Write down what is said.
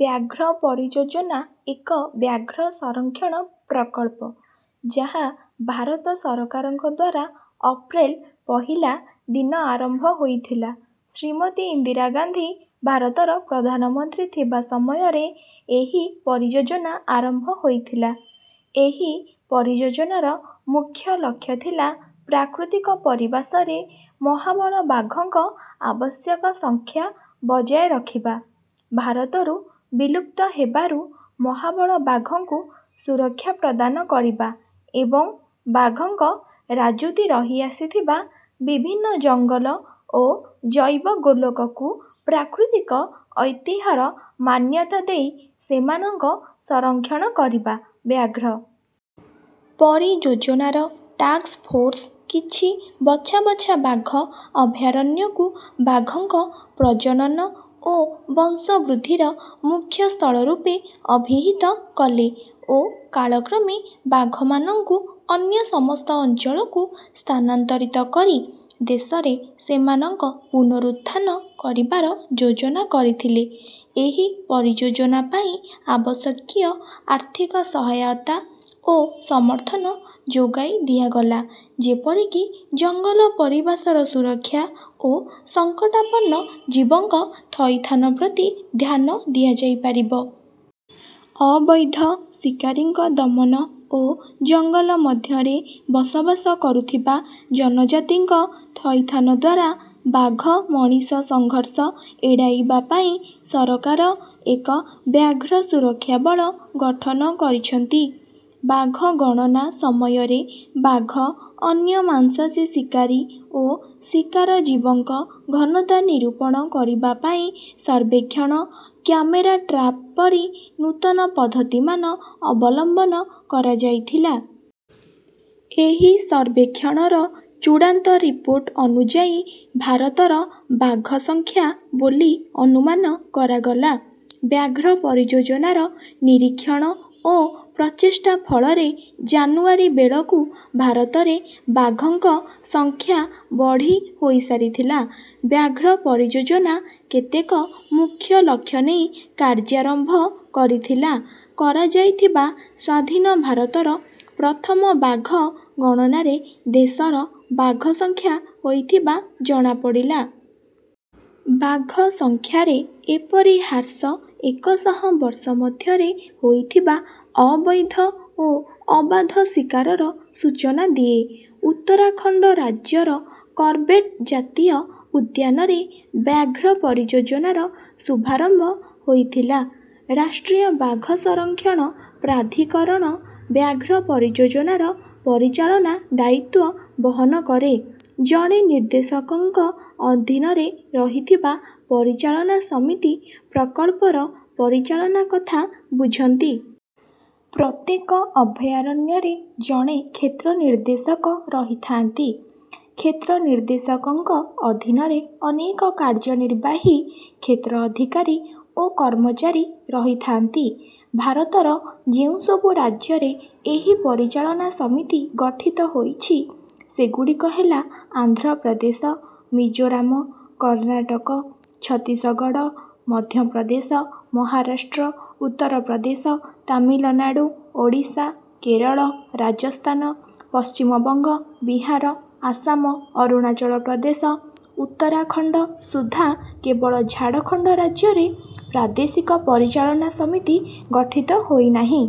ବ୍ୟାଘ୍ର ପରିଯୋଜନା ଏକ ବ୍ୟାଘ୍ର ସଂରକ୍ଷଣ ପ୍ରକଳ୍ପ, ଯାହା ଭାରତ ସରକାରଙ୍କ ଦ୍ୱାରା ଅପ୍ରେଲ୍ ପହିଲା ଦିନ ଆରମ୍ଭ ହୋଇଥିଲା। ଶ୍ରୀମତୀ ଇନ୍ଦିରା ଗାନ୍ଧୀ ଭାରତର ପ୍ରଧାନମନ୍ତ୍ରୀ ଥିବା ସମୟରେ ଏହି ପରିଯୋଜନା ଆରମ୍ଭ ହୋଇଥିଲା। ଏହି ପରିଯୋଜନାର ମୁଖ୍ୟ ଲକ୍ଷ୍ୟ ଥିଲା ପ୍ରାକୃତିକ ପରିବାସରେ ମହାବଳ ବାଘଙ୍କ ଆବଶ୍ୟକ ସଂଖ୍ୟା ବଜାୟ ରଖିବା, ଭାରତରୁ ବିଲୁପ୍ତ ହେବାରୁ ମହାବଳ ବାଘଙ୍କୁ ସୁରକ୍ଷା ପ୍ରଦାନ କରିବା ଏବଂ ବାଘଙ୍କ ରାଜୁତି ରହିଆସିଥିବା ବିଭିନ୍ନ ଜଙ୍ଗଲ ଓ ଜୈବଗୋଲକକୁ ପ୍ରାକୃତିକ ଐତିହ୍ୟର ମାନ୍ୟତା ଦେଇ ସେମାନଙ୍କ ସଂରକ୍ଷଣ କରିବା। ବ୍ୟାଘ୍ର ପରିଯୋଜନାର ଟାସ୍କ୍ ଫୋର୍ସ୍ କିଛି ବଛା ବଛା ବାଘ ଅଭୟାରଣ୍ୟକୁ ବାଘଙ୍କ ପ୍ରଜନନ ଓ ବଂଶବୃଦ୍ଧିର ମୁଖ୍ୟ ସ୍ଥଳ ରୂପେ ଅଭିହିତ କଲେ ଓ କାଳକ୍ରମେ ବାଘମାନଙ୍କୁ ଅନ୍ୟ ସମସ୍ତ ଅଞ୍ଚଳକୁ ସ୍ଥାନାନ୍ତରିତ କରି ଦେଶରେ ସେମାନଙ୍କ ପୁନରୁତ୍ଥାନ କରିବାର ଯୋଜନା କରିଥିଲେ। ଏହି ପରିଯୋଜନା ପାଇଁ ଆବଶ୍ୟକୀୟ ଆର୍ଥିକ ସହାୟତା ଓ ସମର୍ଥନ ଯୋଗାଇ ଦିଆଗଲା, ଯେପରିକି ଜଙ୍ଗଲ ପରିବାସର ସୁରକ୍ଷା ଓ ସଙ୍କଟାପନ୍ନ ଜୀବଙ୍କ ଥଇଥାନ ପ୍ରତି ଧ୍ୟାନ ଦିଆଯାଇପାରିବ। ଅବୈଧ ଶିକାରୀଙ୍କ ଦମନ ଓ ଜଙ୍ଗଲ ମଧ୍ୟରେ ବସବାସ କରୁଥିବା ଜନଜାତିଙ୍କ ଥଇଥାନ ଦ୍ୱାରା ବାଘ ମଣିଷ ସଂଘର୍ଷ ଏଡ଼ାଇବା ପାଇଁ ସରକାର ଏକ ବ୍ୟାଘ୍ର ସୁରକ୍ଷା ବଳ ଗଠନ କରିଛନ୍ତି। ବାଘ ଗଣନା ସମୟରେ ବାଘ, ଅନ୍ୟ ମାଂସାସୀ ଶିକାରୀ ଓ ଶିକାର ଜୀବଙ୍କ ଘନତା ନିରୂପଣ କରିବା ପାଇଁ ସର୍ବେକ୍ଷଣ, କ୍ୟାମେରା ଟ୍ରାପ୍ ପରି ନୂତନ ପଦ୍ଧତିମାନ ଅବଲମ୍ବନ କରାଯାଇଥିଲା। ଏହି ସର୍ବେକ୍ଷଣର ଚୂଡ଼ାନ୍ତ ରିପୋର୍ଟ ଅନୁଯାୟୀ ଭାରତର ବାଘ ସଂଖ୍ୟା ବୋଲି ଅନୁମାନ କରାଗଲା। ବ୍ୟାଘ୍ର ପରିଯୋଜନାର ନିରୀକ୍ଷଣ ଓ ପ୍ରଚେଷ୍ଟା ଫଳରେ ଜାନୁଆରୀ ବେଳକୁ ଭାରତରେ ବାଘଙ୍କ ସଂଖ୍ୟା ବଢ଼ି ହୋଇସାରିଥିଲା। ବ୍ୟାଘ୍ର ପରିଯୋଜନା କେତେକ ମୁଖ୍ୟ ଲକ୍ଷ୍ୟ ନେଇ କାର୍ଯ୍ୟାରମ୍ଭ କରିଥିଲା। କରାଯାଇଥିବା ସ୍ୱାଧୀନ ଭାରତର ପ୍ରଥମ ବାଘ ଗଣନାରେ ଦେଶର ବାଘ ସଂଖ୍ୟା ହୋଇଥିବା ଜଣାପଡ଼ିଲା। ବାଘସଂଖ୍ୟାରେ ଏପରି ହ୍ରାସ ଏକ ଶହ ବର୍ଷ ମଧ୍ୟରେ ହୋଇଥିବା ଅବୈଧ ଓ ଅବାଧ ଶିକାରର ସୂଚନା ଦିଏ। ଉତ୍ତରାଖଣ୍ଡ ରାଜ୍ୟର କର୍ବେଟ୍ ଜାତୀୟ ଉଦ୍ୟାନରେ ବ୍ୟାଘ୍ର ପରିଯୋଜନାର ଶୁଭାରମ୍ଭ ହୋଇଥିଲା। ରାଷ୍ଟ୍ରୀୟ ବାଘ ସଂରକ୍ଷଣ ପ୍ରାଧିକରଣ ବ୍ୟାଘ୍ର ପରିଯୋଜନାର ପରିଚାଳନା ଦାୟିତ୍ୱ ବହନ କରେ। ଜଣେ ନିର୍ଦ୍ଦେଶକଙ୍କ ଅଧୀନରେ ରହିଥିବା ପରିଚାଳନା ସମିତି ପ୍ରକଳ୍ପର ପରିଚାଳନା କଥା ବୁଝନ୍ତି। ପ୍ରତ୍ୟେକ ଅଭୟାରଣ୍ୟରେ ଜଣେ କ୍ଷେତ୍ର ନିର୍ଦ୍ଦେଶକ ରହିଥାନ୍ତି। କ୍ଷେତ୍ର ନିର୍ଦ୍ଦେଶକଙ୍କ ଅଧୀନରେ ଅନେକ କାର୍ଯ୍ୟନିର୍ବାହୀ, କ୍ଷେତ୍ର ଅଧିକାରୀ ଓ କର୍ମଚାରୀ ରହିଥାନ୍ତି। ଭାରତର ଯେଉଁସବୁ ରାଜ୍ୟରେ ଏହି ପରିଚାଳନା ସମିତି ଗଠିତ ହୋଇଛି, ସେଗୁଡ଼ିକ ହେଲା ଆନ୍ଧ୍ର ପ୍ରଦେଶ, ମିଜୋରାମ, କର୍ଣ୍ଣାଟକ, ଛତିଶଗଡ଼, ମଧ୍ୟପ୍ରଦେଶ, ମହାରାଷ୍ଟ୍ର, ଉତ୍ତର ପ୍ରଦେଶ, ତାମିଲନାଡ଼ୁ, ଓଡ଼ିଶା, କେରଳ, ରାଜସ୍ଥାନ, ପଶ୍ଚିମବଙ୍ଗ, ବିହାର, ଆସାମ, ଅରୁଣାଚଳ ପ୍ରଦେଶ, ଉତ୍ତରାଖଣ୍ଡ। ସୁଦ୍ଧା କେବଳ ଝାଡ଼ଖଣ୍ଡ ରାଜ୍ୟରେ ପ୍ରାଦେଶିକ ପରିଚାଳନା ସମିତି ଗଠିତ ହୋଇନାହିଁ।